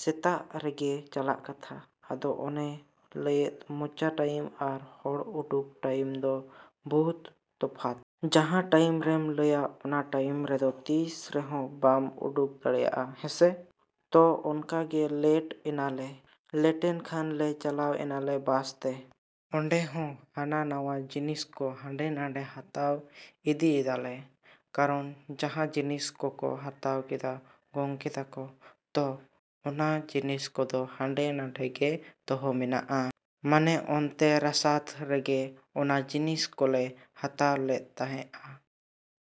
ᱥᱮᱛᱟᱜ ᱨᱮᱜᱮ ᱪᱟᱞᱟᱜ ᱠᱟᱛᱷᱟ᱾ ᱟᱫᱚ ᱚᱱᱮ ᱞᱟᱹᱭᱮᱫ ᱢᱚᱪᱟ ᱴᱟᱹᱭᱤᱢ ᱟᱨ ᱦᱚᱲ ᱩᱰᱩᱝ ᱴᱟᱸᱭᱤᱢ ᱫᱚ ᱵᱚᱦᱩᱛ ᱛᱚᱯᱷᱟᱛ᱾ ᱡᱟᱦᱟᱸ ᱴᱟᱹᱭᱤᱢᱨᱮᱢ ᱞᱟᱹᱭᱟ ᱚᱱᱟ ᱴᱟᱭᱤᱢ ᱨᱮᱫᱚ ᱛᱤᱥ ᱨᱮᱦᱚᱸ ᱵᱟᱢ ᱩᱰᱩᱝ ᱫᱟᱲᱮᱭᱟᱜᱼᱟ ᱦᱮᱸᱥᱮ᱾ ᱛᱚ, ᱚᱱᱠᱟᱜᱮ ᱞᱮᱴ ᱮᱱᱟᱞᱮ᱾ ᱞᱮᱴᱮᱱ ᱠᱷᱟᱱᱞᱮ ᱪᱟᱞᱟᱣ ᱮᱱᱟᱞᱮ ᱵᱟᱥᱛᱮ᱾ ᱚᱸᱰᱮ ᱦᱚᱸ ᱦᱟᱱᱟᱼᱱᱟᱣᱟ ᱡᱤᱱᱤᱥ ᱠᱚ ᱦᱟᱸᱰᱮᱼᱱᱟᱰᱮ ᱦᱟᱛᱟᱣ ᱤᱫᱤᱭᱮᱫᱟᱞᱮ᱾ ᱠᱟᱨᱚᱱ ᱡᱟᱦᱟᱸ ᱡᱤᱱᱤᱥ ᱠᱚᱠᱚ ᱦᱟᱛᱟᱣ ᱠᱮᱫᱟ ᱜᱚᱢᱠᱮ ᱛᱟᱠᱚ, ᱛᱚ, ᱚᱱᱟ ᱡᱤᱱᱤᱥ ᱠᱚᱫᱚ ᱦᱟᱸᱰᱮᱼᱱᱷᱟᱰᱮ ᱜᱮ ᱫᱚᱦᱚ ᱢᱮᱱᱟᱜᱼᱟ᱾ ᱢᱟᱱᱮ ᱚᱱᱛᱮ ᱨᱟᱥᱟᱛ ᱨᱮᱜᱮ ᱚᱱᱟ ᱡᱤᱱᱤᱥ ᱠᱚᱞᱮ ᱦᱟᱛᱟᱣ ᱞᱮᱫ ᱛᱟᱦᱮᱸᱜᱼᱟ᱾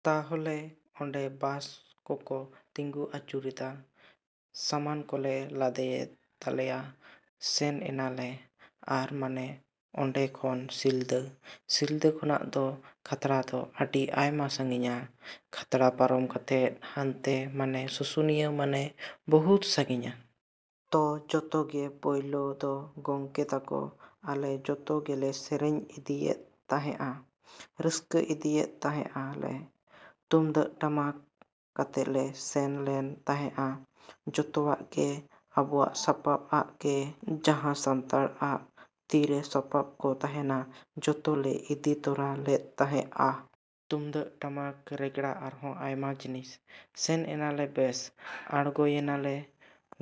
ᱛᱟᱦᱚᱞᱮ ᱚᱸᱰᱮ ᱵᱟᱥ ᱠᱚᱠᱚ ᱛᱤᱸᱜᱩ ᱟᱪᱩᱨᱮᱫᱟ, ᱥᱟᱢᱟᱱ ᱠᱚᱞᱮ ᱞᱟᱫᱮᱭᱮᱫ ᱛᱟᱞᱮᱭᱟ, ᱥᱮᱱ ᱮᱱᱟᱞᱮ᱾ ᱟᱨ ᱢᱟᱱᱮ ᱱᱚᱰᱮ ᱠᱷᱚᱱ ᱥᱤᱞᱫᱟᱹ, ᱥᱤᱞᱫᱟᱹ ᱠᱷᱚᱱᱟᱜ ᱫᱚ ᱠᱷᱟᱛᱲᱟ ᱫᱚ ᱟᱹᱰᱤ ᱟᱭᱢᱟ ᱥᱟᱺᱜᱤᱧᱟ᱾ ᱠᱷᱟᱛᱲᱟ ᱯᱟᱨᱚᱢ ᱠᱟᱛᱮ ᱦᱟᱱᱛᱮ ᱢᱟᱱᱮ ᱥᱩᱥᱩᱱᱤᱭᱟᱹ ᱢᱟᱱᱮ ᱵᱚᱦᱩᱛ ᱥᱟᱺᱜᱤᱧᱟ᱾ ᱛᱚ, ᱡᱚᱛᱚ ᱜᱮ ᱯᱳᱭᱞᱳ ᱫᱚ ᱜᱚᱢᱠᱮ ᱛᱟᱠᱚ, ᱟᱞᱮ ᱡᱚᱛᱚ ᱜᱮᱞᱮ ᱥᱮᱨᱮᱧ ᱤᱫᱤᱭᱮᱛ ᱛᱟᱦᱮᱸᱜᱼᱟ᱾ ᱨᱟᱹᱥᱠᱟᱹ ᱤᱫᱤᱭᱮᱛ ᱛᱟᱦᱮᱸᱜᱼᱟ ᱞᱮ᱾ ᱛᱩᱢᱫᱟᱜ, ᱴᱟᱢᱟᱠ ᱠᱟᱛᱮ ᱞᱮ ᱥᱮᱱ ᱞᱮᱱ ᱛᱟᱦᱮᱸᱜᱼᱟ᱾ ᱡᱚᱛᱚᱣᱟᱜ ᱜᱮ ᱟᱵᱚᱣᱟᱜ ᱥᱟᱯᱟᱵ ᱟᱜ ᱜᱮ᱾ ᱡᱟᱦᱟᱸ ᱥᱟᱱᱛᱟᱲᱟᱜ ᱛᱤᱨᱮ ᱥᱟᱵᱟᱯ ᱠᱚ ᱛᱟᱦᱮᱱᱟ ᱡᱚᱛᱚ ᱞᱮ ᱤᱫᱤ ᱛᱚᱨᱟ ᱞᱮᱫ ᱛᱟᱦᱮᱸᱜᱼᱟ᱾ ᱛᱩᱢᱫᱟᱜ, ᱴᱟᱢᱟᱠ, ᱨᱮᱜᱽᱲᱟ ᱟᱨᱦᱚᱸ ᱟᱭᱢᱟ ᱡᱤᱱᱤᱥ᱾ ᱥᱮᱱ ᱮᱱᱟᱞᱮ ᱵᱮᱥ, ᱟᱬᱜᱚᱭᱮᱱᱟᱞᱮ᱾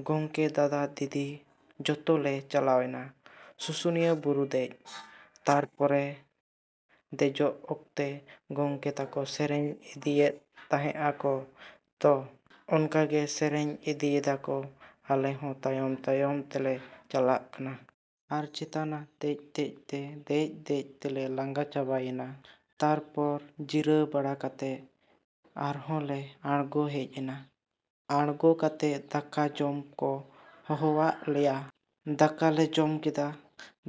ᱜᱚᱢᱠᱮ, ᱫᱟᱫᱟ, ᱫᱤᱫᱤ ᱡᱷᱚᱛᱚ ᱞᱮ ᱪᱟᱞᱟᱣᱮᱱᱟ᱾ ᱥᱩᱥᱩᱱᱤᱭᱟᱹ ᱵᱩᱨᱩ ᱫᱮᱡ᱾ ᱛᱟᱨᱯᱚᱨᱮ ᱫᱮᱡᱚᱜ ᱚᱠᱛᱮ ᱜᱚᱢᱠᱮ ᱛᱟᱠᱚ ᱥᱮᱨᱮᱧ ᱤᱫᱤᱭᱮᱫ ᱛᱟᱦᱮᱸᱜᱼᱟᱠᱚ᱾ ᱛᱚ, ᱚᱱᱠᱟ ᱜᱮ ᱥᱮᱨᱮᱧ ᱤᱫᱤᱭᱮᱫᱟᱠᱚ, ᱟᱞᱮ ᱦᱚᱸ ᱛᱟᱭᱚᱢ, ᱛᱟᱭᱚᱢ ᱛᱮᱞᱮ ᱪᱟᱞᱟᱜ ᱠᱟᱱᱟ᱾ ᱟᱨ ᱪᱮᱛᱟᱱᱟ ᱫᱮᱡ ᱫᱮᱡ ᱛᱮ ᱫᱮᱡ ᱫᱮᱡ ᱛᱮᱞᱮ ᱞᱟᱸᱜᱟ ᱪᱟᱵᱟᱭᱮᱱᱟ᱾ ᱛᱟᱨᱯᱚᱨ ᱡᱤᱨᱟᱹᱣ ᱵᱟᱲᱟ ᱠᱟᱛᱮ ᱟᱨᱦᱚᱸᱞᱮ ᱟᱬᱜᱚ ᱦᱮᱡ ᱮᱱᱟ᱾ ᱟᱬᱜᱚ ᱠᱟᱛᱮ ᱫᱟᱠᱟ ᱡᱚᱢ ᱠᱚ ᱦᱚᱦᱚᱣᱟᱫ ᱞᱮᱭᱟ᱾ ᱫᱟᱠᱟ ᱞᱮ ᱡᱚᱢ ᱠᱮᱫᱟ᱾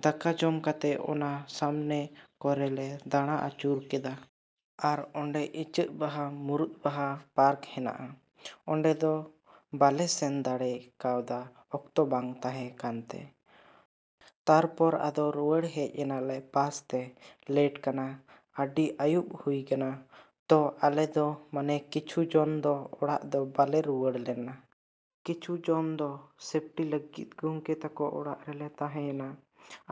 ᱫᱟᱠᱟ ᱡᱚᱢ ᱠᱟᱛᱮ ᱚᱱᱟ ᱥᱟᱢᱱᱮ ᱠᱚᱨᱮᱞᱮ ᱫᱟᱬᱟ ᱟᱹᱪᱩᱨ ᱠᱮᱫᱟ᱾ ᱟᱨ ᱚᱸᱰᱮ ᱤᱪᱟᱹᱜ ᱵᱟᱦᱟ, ᱢᱩᱨᱩᱫ ᱵᱟᱦᱟ ᱯᱟᱨᱠ ᱦᱮᱱᱟᱜᱼᱟ᱾ ᱚᱸᱰᱮ ᱫᱚ ᱵᱟᱞᱮ ᱥᱮᱱ ᱫᱟᱲᱮ ᱠᱟᱣᱫᱟ ᱚᱠᱛᱚ ᱵᱟᱝ ᱛᱟᱦᱮᱸ ᱠᱟᱱᱛᱮ᱾ ᱛᱟᱨᱯᱚᱨ ᱟᱫᱚ ᱨᱩᱣᱟᱹᱲ ᱦᱮᱡ ᱮᱱᱟᱞᱮ᱾ ᱵᱟᱥᱛᱮ, ᱞᱮᱴ ᱠᱟᱱᱟ, ᱟᱹᱰᱤ ᱟᱹᱭᱩᱵ ᱦᱩᱭ ᱠᱟᱱᱟ᱾ ᱛᱚ ᱟᱞᱮ ᱫᱚ ᱢᱟᱱᱮ ᱠᱤᱪᱷᱩ ᱡᱚᱱ ᱫᱚ ᱚᱲᱟᱜ ᱫᱚ ᱵᱟᱞᱮ ᱨᱩᱣᱟᱹᱲ ᱞᱮᱱᱟ᱾ ᱠᱤᱪᱷᱩ ᱡᱚᱱ ᱫᱚ ᱥᱮᱯᱴᱤ ᱞᱟᱹᱜᱤᱫ ᱜᱚᱢᱠᱮ ᱛᱟᱠᱚ ᱚᱲᱟᱜ ᱨᱮᱞᱮ ᱛᱟᱦᱮᱸ ᱭᱮᱱᱟ᱾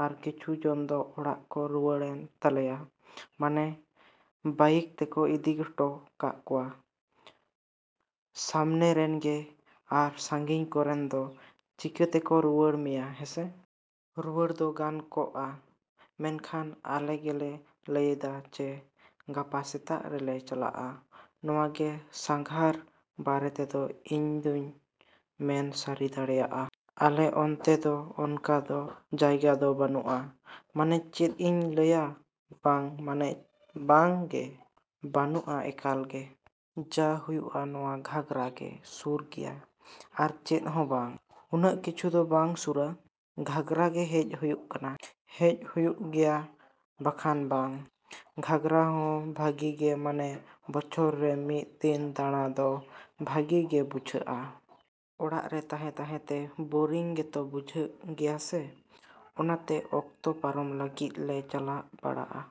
ᱟᱨ ᱠᱤᱪᱷᱩ ᱡᱚᱱ ᱫᱚ ᱚᱲᱟᱜ ᱠᱚ ᱨᱩᱣᱟᱹᱲᱮᱱ ᱛᱟᱞᱮᱭᱟ᱾ ᱢᱟᱱᱮ ᱵᱟᱭᱤᱠ ᱛᱮᱠᱚ ᱤᱫᱤ ᱦᱚᱴᱚ ᱠᱟᱫ ᱠᱚᱣᱟ᱾ ᱥᱟᱢᱱᱮ ᱨᱮᱱᱜᱮ, ᱾ᱟᱨ ᱥᱟᱺᱜᱤᱧ ᱠᱚᱨᱮᱱ ᱫᱚ ᱪᱤᱠᱟᱹᱛᱮᱠᱚ ᱨᱩᱣᱟᱹᱲ ᱢᱮᱭᱟ ᱦᱮᱸᱥᱮ᱾ ᱨᱩᱣᱟᱹᱲ ᱫᱚ ᱜᱟᱱ ᱠᱚᱜᱼᱟ, ᱢᱮᱱᱠᱷᱟᱱ ᱟᱞᱮ ᱜᱮᱞᱮ ᱞᱟᱹᱭᱮᱫᱟ ᱡᱮ, ᱜᱟᱯᱟ ᱥᱮᱛᱟᱜ ᱨᱮᱞᱮ ᱪᱟᱞᱟᱜᱼᱟ᱾ ᱱᱚᱣᱟ ᱜᱮ ᱥᱟᱸᱜᱷᱟᱨ ᱵᱟᱨᱮ ᱛᱮᱫᱚ ᱤᱧᱫᱚᱹᱧ ᱢᱮᱱ ᱥᱟᱹᱨᱤ ᱫᱟᱲᱮᱭᱟᱜᱼᱟ᱾ ᱟᱞᱮ ᱚᱱᱛᱮ ᱫᱚ ᱚᱱᱠᱟ ᱫᱚ ᱡᱟᱭᱜᱟ ᱫᱚ ᱵᱟᱹᱱᱩᱜᱼᱟ᱾ ᱢᱟᱱᱮ ᱪᱮᱫ ᱤᱧ ᱞᱟᱹᱭᱟ ᱵᱟᱝ ᱢᱟᱱᱮ ᱵᱟᱝ ᱜᱮ, ᱵᱟᱹᱱᱩᱜᱼᱟ ᱮᱠᱟᱞ ᱜᱮ᱾ ᱡᱟ ᱦᱩᱭᱩᱜᱼᱟ ᱱᱚᱣᱟ ᱜᱷᱟᱜᱽᱨᱟ ᱜᱮ ᱥᱩᱨ ᱜᱮᱭᱟ᱾ ᱟᱨ ᱪᱮᱫ ᱦᱚᱸ ᱵᱟᱝ᱾ ᱩᱱᱟᱹᱜ ᱠᱤᱪᱷᱩ ᱫᱚ ᱵᱟᱝ ᱥᱩᱨᱟ᱾ ᱜᱷᱟᱜᱽᱨᱟ ᱜᱮ ᱦᱮᱡ ᱦᱩᱭᱩᱜ ᱠᱟᱱᱟ, ᱦᱮᱡ ᱦᱩᱭᱩᱜ ᱜᱮᱭᱟ ᱵᱟᱠᱷᱟᱱ ᱵᱟᱝ᱾ ᱜᱷᱟᱜᱽᱨᱟ ᱦᱚᱸ ᱵᱷᱟᱞᱤᱜᱮ ᱢᱟᱱᱮ ᱵᱚᱪᱷᱚᱨ ᱨᱮ ᱢᱤᱫ ᱫᱤᱱ ᱫᱟᱬᱟ ᱫᱚ ᱵᱷᱟᱜᱤ ᱜᱮ ᱵᱩᱡᱷᱟᱹᱜᱼᱟ᱾ ᱚᱲᱟᱜ ᱨᱮ ᱛᱟᱦᱮᱸ ᱛᱟᱦᱮᱸ ᱛᱮ ᱵᱳᱨᱤᱝ ᱜᱮᱛᱚ ᱵᱩᱡᱷᱟᱹᱜ ᱜᱮᱭᱟ ᱥᱮ᱾ ᱚᱱᱟᱛᱮ ᱚᱠᱛᱚ ᱯᱟᱨᱚᱢ ᱞᱟᱹᱜᱤᱫ ᱞᱮ ᱪᱟᱞᱟᱣ ᱵᱟᱰᱟᱜ-ᱟ᱾